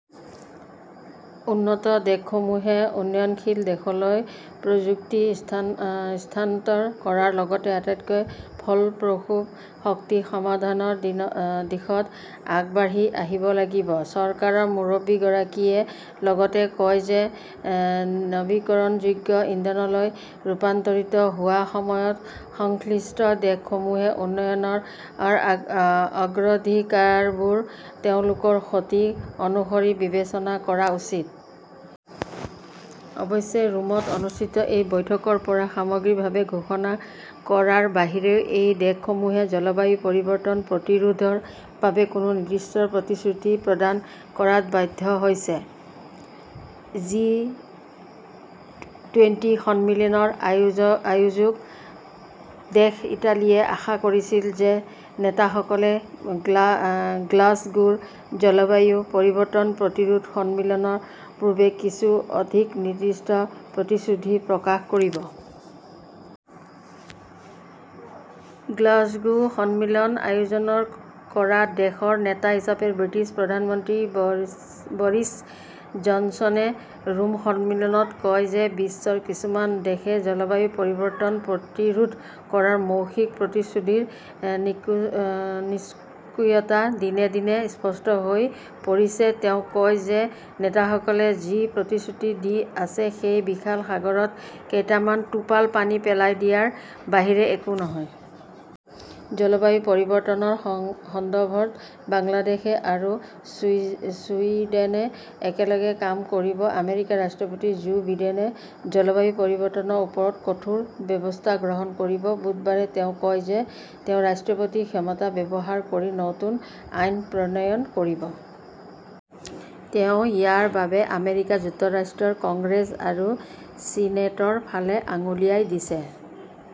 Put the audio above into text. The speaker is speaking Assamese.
উন্নত দেশসমূহে উন্নয়নশীল দেশলৈ প্ৰযুক্তি স্থানন্তৰ কৰাৰ লগতে আটাইতকৈ ফলপ্ৰসূ শক্তি সমাধানৰ দিশত আগবাঢ়ি আহিব লাগিব। চৰকাৰৰ মুৰব্বীগৰাকীয়ে লগতে কয় যে, নৱীকৰণযোগ্য ইন্ধনলৈ ৰূপান্তৰিত হোৱাৰ সময়ত সংশ্লিষ্ট দেশসমূহে উন্নয়নৰ অগ্ৰাধিকাৰবোৰ তেওঁলোকৰ ক্ষতি অনুসৰি বিবেচনা কৰা উচিত। অৱশ্যে, ৰোমত অনুষ্ঠিত এই বৈঠকৰ পৰা সামগ্ৰিক ভাৱে ঘোষণা কৰাৰ বাহিৰে, এই দেশসমূহে জলবায়ু পৰিৱৰ্তন প্ৰতিৰোধৰ বাবে কোনো নিৰ্দিষ্ট প্ৰতিশ্ৰুতি প্ৰদান কৰাত ব্যৰ্থ হৈছে। জি টুৱেন্টি সন্মিলনৰ আয়োজক দেশ, ইটালীয়ে আশা কৰিছিল যে, নেতাসকলে গ্লাছগোৰ জলবায়ু পৰিৱৰ্তন প্ৰতিৰোধ সন্মিলনৰ পূৰ্বে কিছু অধিক নিৰ্দিষ্ট প্ৰতিশ্ৰুধি প্ৰকাশ কৰিব। গ্লাছগো সন্মিলন আয়োজনৰ কৰা দেশৰ নেতা হিচাপে ব্ৰিটিছ প্ৰধানমন্ত্ৰী বৰিছ জনছনে ৰোম সন্মিলনত কয় যে, বিশ্বৰ কিছুমান দেশে জলবায়ু পৰিৱৰ্তন প্ৰতিৰোধ কৰাৰ মৌখিক প্ৰতিশ্ৰুতিৰ নিষ্ক্ৰিয়তা দিনে দিনে স্পষ্ট হৈ পৰিছে। তেওঁ কয় যে, নেতাসকলে যি প্ৰতিশ্ৰুতি দি আছে, সেই বিশাল সাগৰত কেইটামান টোপাল পানী পেলাই দিয়াৰ বাহিৰে একো নহয়। জলবায়ু পৰিৱৰ্তনৰ সং সন্দৰ্ভত বাংলাদেশে আৰু চুই ছুইডেনে একেলগে কাম কৰিব। আমেৰিকাৰ ৰাষ্ট্ৰপতি জো বিডেনে জলবায়ু পৰিৱৰ্তনৰ ওপৰত কঠোৰ ব্যৱস্থা গ্ৰহণ কৰিব। বুধবাৰে তেওঁ কয় যে, তেওঁ ৰাষ্ট্ৰপতিৰ ক্ষমতা ব্যৱহাৰ কৰি নতুন আইন প্ৰণয়ন কৰিব। তেওঁ ইয়াৰ বাবে আমেৰিকা যুক্তৰাষ্ট্ৰৰ কংগ্ৰেছ আৰু ছিনেটৰ ফালে আঙুলিয়াই দিছে।